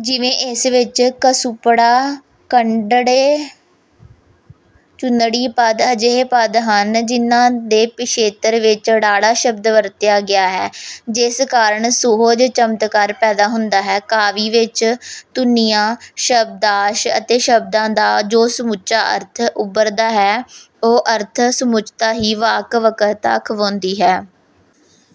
ਜਿਵੇਂ ਇਸ ਵਿੱਚ ਕਸੁੰਭੜਾ, ਕੰਡੜੇ, ਚੁੰਨੜੀ ਪਦ ਅਜਿਹੇ ਪਦ ਹਨ ਜਿਹਨਾਂ ਦੇ ਪਿਛੇਤਰ ਵਿੱਚ 'ੜ' ਸ਼ਬਦ ਵਰਤਿਆ ਗਿਆ ਹੈ ਜਿਸ ਕਾਰਨ ਸੁਹਜ-ਚਮਤਕਾਰ ਪੈਦਾ ਹੁੰਦਾ ਹੈ। ਕਾਵਿ ਵਿੱਚ ਧੁਨੀਆਂ, ਸ਼ਬਦਾਂਸ਼ ਅਤੇ ਸ਼ਬਦਾਂ ਦਾ ਜੋ ਸਮੁੱਚਾ ਅਰਥ ਉਭਰਦਾ ਹੈ ਉਹ ਅਰਥ-ਸਮੁੱਚਤਾ ਹੀ 'ਵਾਕ ਵਕ੍ਰਤਾ' ਅਖਵਾਉਂਦੀ ਹੈ।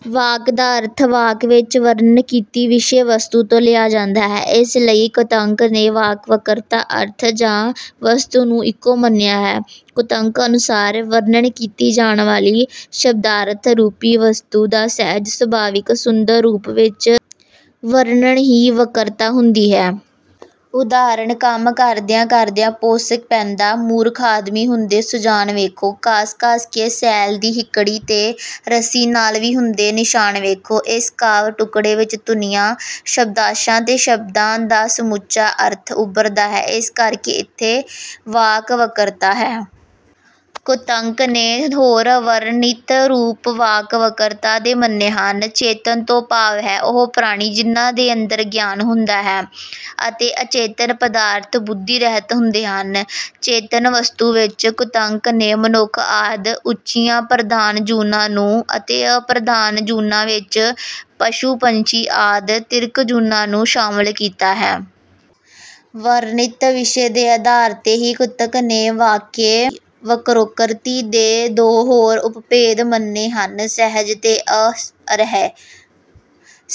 ਵਾਕ ਦਾ ਅਰਥ ਵਾਕ ਵਿੱਚ ਵਰਣਨ ਕੀਤੀ ਵਿਸ਼ੇ-ਵਸਤੂ ਤੋਂ ਲਿਆ ਜਾਂਦਾ ਹੈ। ਇਸ ਲਈ ਕੁਤੰਕ ਨੇ ਵਾਕ ਵਕ੍ਰਤਾ, ਅਰਥ ਜਾਂ ਵਸਤੂ ਨੂੰ ਇੱਕੋ ਮੰਨਿਆ ਹੈ। ਕੁਤੰਕ ਅਨੁਸਾਰ "ਵਰਣਨ ਕੀਤੀ ਜਾਣ ਵਾਲੀ ਸ਼ਬਦਾਰਥ ਰੂਪੀ ਵਸਤੂ ਦਾ ਸਹਿਜ ਸੁਭਾਵਿਕ ਸੁੰਦਰ ਰੂਪ ਵਿੱਚ ਵਰਣਨ ਹੀ ਵਕ੍ਰਤਾ ਹੁੰਦੀ ਹੈ"। ਉਦਾਹਰਣ "ਕੰਮ ਕਰਦਿਆਂ-ਕਰਦਿਆਂ ਭੁਸ ਪੈਂਦਾ, ਮੂਰਖ ਆਦਮੀ ਹੁੰਦੇ ਸੁਜਾਨ ਵੇਖੋ। ਘੱਸ-ਘੱਸ ਕੇ ਸ਼ੈਲ ਦੀ ਹਿੱਕੜੀ ਤੇ, ਰੱਸੀ ਨਾਲ ਵੀ ਹੁੰਦੇ ਨਿਸ਼ਾਨ ਵੇਖੋ"। ਇਸ ਕਾਵਿ ਟੁੱਕੜੇ ਵਿੱਚ ਧੁਨੀਆਂ, ਸ਼ਬਦਾਂਸ਼ਾਂ ਤੇ ਸ਼ਬਦਾਂ ਦਾ ਸਮੁੱਚਾ ਅਰਥ ਉਭਰਦਾ ਹੈ ਇਸ ਕਰਕੇ ਇੱਥੇ ਵਾਕ ਵਕ੍ਰਤਾ ਹੈ। ਕੁਤੰਕ ਨੇ ਦੋ ਹੋਰ ਵਰਣਿਤ ਰੂਪ ਵਾਕ ਵਕ੍ਰਤਾ ਦੇ ਮੰਨੇ ਹਨ। ਚੇਤਨ ਤੋਂ ਭਾਵ ਹੈ ਉਹ ਪ੍ਰਾਣੀ ਜਿਨ੍ਹਾਂ ਦੇ ਅੰਦਰ ਗਿਆਨ ਹੁੰਦਾ ਹੈ ਅਤੇ ਅਚੇਤਨ ਪਦਾਰਥ ਬੁੱਧੀ ਰਹਿਤ ਹੁੰਦੇ ਹਨ। ਚੇਤਨ ਵਸਤੂ ਵਿੱਚ ਕੁਤੰਕ ਨੇ ਮਨੁੱਖ ਆਦਿ ਉੱਚੀਆਂ ਪ੍ਰਧਾਨ ਜੂਨਾਂ ਨੂੰ ਅਤੇ ਅਪ੍ਰਧਾਨ ਜੂਨਾਂ ਵਿੱਚ ਪਸ਼ੂ ਪੰਛੀ ਆਦਿ ਤਿਰਕ ਜੂਨਾਂ ਨੂੰ ਸ਼ਾਮਲ ਕੀਤਾ ਹੈ। ਵਰਣਿਤ ਵਿਸ਼ੇ ਦੇ ਆਧਾਰ ਤੇ ਹੀ ਕੁਤੰਕ ਨੇ ਵਾਕਯ ਵਕ੍ਰੋਕਤੀ ਦੇ ਦੋ ਹੋਰ ਉਪਭੇਦ ਮੰਨੇ ਹਨ ਸਹਿਜ ਅਤੇ ਆਹਰਯ।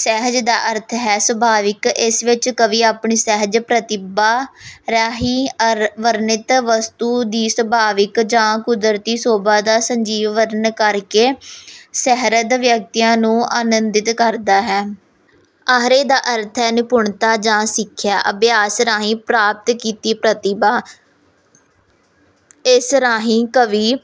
'ਸਹਿਜ' ਦਾ ਅਰਥ ਹੈ ਸੁਭਾਵਿਕ। ਇਸ ਵਿੱਚ ਕਵੀ ਆਪਣੀ ਸਹਿਜ ਪ੍ਰਤਿਭਾ ਰਾਹੀਂ ਵਰਣਿਤ ਵਸਤੂ ਦੀ ਸੁਭਾਵਿਕ ਜਾਂ ਕੁਦਰਤੀ ਸ਼ੋਭਾ ਦਾ ਸੰਜੀਵ ਵਰਣਨ ਕਰਕੇ ਸਹਿਰਦ ਵਿਅਕਤੀਆਂ ਨੂੰ ਆਨੰਦਿਤ ਕਰਦਾ ਹੈ। 'ਆਹਰਯ' ਦਾ ਅਰਥ ਹੈ 'ਨਿਪੁਣਤਾ' ਜਾਂ 'ਸਿੱਖਿਆ' ਅਭਿਆਸ ਰਾਹੀਂ ਪ੍ਰਾਪਤ ਕੀਤੀ ਪ੍ਰਤਿਭਾ। ਇਸ ਰਾਹੀਂ ਕਵੀ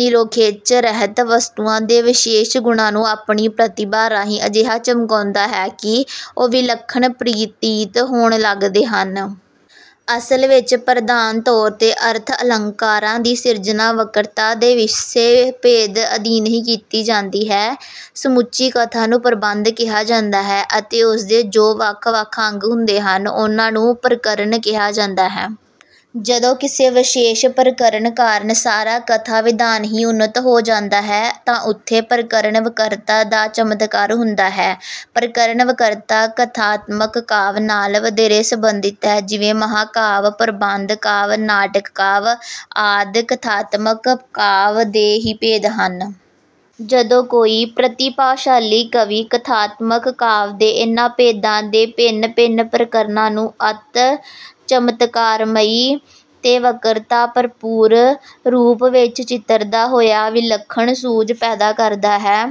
ਨਿਰੋਖਿੱਚ ਰਹਿਤ ਵਸਤੂਆਂ ਦੇ ਵਿਸ਼ੇਸ਼ ਗੁਣਾਂ ਨੂੰ ਆਪਣੀ ਪ੍ਰਤਿਭਾ ਰਾਹੀਂ ਅਜਿਹਾ ਚਮਕਾਉਂਦਾ ਹੈ ਕਿ ਉਹ ਵਿਲੱਖਣ ਪ੍ਰਤੀਤ ਹੋਣ ਲੱਗਦੇ ਹਨ। ਅਸਲ ਵਿੱਚ ਪ੍ਰਧਾਨ ਤੌਰ 'ਤੇ ਅਰਥ ਅਲੰਕਾਰਾਂ ਦੀ ਸਿਰਜਣਾ ਵਕ੍ਰਤਾ ਦੇ ਇਸੇ ਭੇਦ ਅਧੀਨ ਹੀ ਕੀਤੀ ਜਾਂਦੀ ਹੈ। ਸਮੁੱਚੀ ਕਥਾ ਨੂੰ ਪ੍ਰਬੰਧ ਕਿਹਾ ਜਾਂਦਾ ਹੈ ਅਤੇ ਉਸਦੇ ਜੋ ਵੱਖ-ਵੱਖ ਅੰਗ ਹੁੰਦੇ ਹਨ ਉਹਨਾਂ ਨੂੰ 'ਪ੍ਰਕਰਣ' ਕਿਹਾ ਜਾਂਦਾ ਹੈ। ਜਦੋਂ ਕਿਸੇ ਵਿਸ਼ੇਸ਼ ਪ੍ਰਕਰਣ ਕਾਰਨ ਸਾਰਾ ਕਥਾ ਵਿਧਾਨ ਹੀ ਉੱਨਤ ਹੋ ਜਾਂਦਾ ਹੈ ਤਾਂ ਉੱਥੇ ਪ੍ਰਕਰਣ ਵਕ੍ਰਤਾ ਦਾ ਚਮਤਕਾਰ ਹੁੰਦਾ ਹੈ। ਪ੍ਰਕਰਣ ਵਕ੍ਰਤਾ 'ਕਥਾਤਮਕ ਕਾਵਿ' ਨਾਲ ਵਧੇਰੇ ਸੰਬੰਧਿਤ ਹੈ। ਜਿਵੇਂ ਮਹਾਕਾਵਿ, ਪ੍ਰਬੰਧ ਕਾਵਿ, ਨਾਟਕ ਕਾਵਿ ਆਦਿ ਕਥਾਤਮਕ ਕਾਵਿ ਦੇ ਹੀ ਭੇਦ ਹਨ। ਜਦੋਂ ਕੋਈ ਪ੍ਰਤਿਭਾਸ਼ਾਲੀ ਕਵੀ ਕਥਾਤਮਕ ਕਾਵਿ ਦੇ ਇਹਨਾਂ ਭੇਦਾਂ ਦੇ ਭਿੰਨ-ਭਿੰਨ ਪ੍ਰਕਰਣਾਂ ਨੂੰ ਅਤਿ ਚਮਤਕਾਰਮਈ ਤੇ ਵਕ੍ਰਤਾ ਭਰਪੂਰ ਰੂਪ ਵਿੱਚ ਚਿਤਰਦਾ ਹੋਇਆ ਵਿਲੱਖਣ ਸੁਹਜ ਪੈਦਾ ਕਰਦਾ ਹੈ।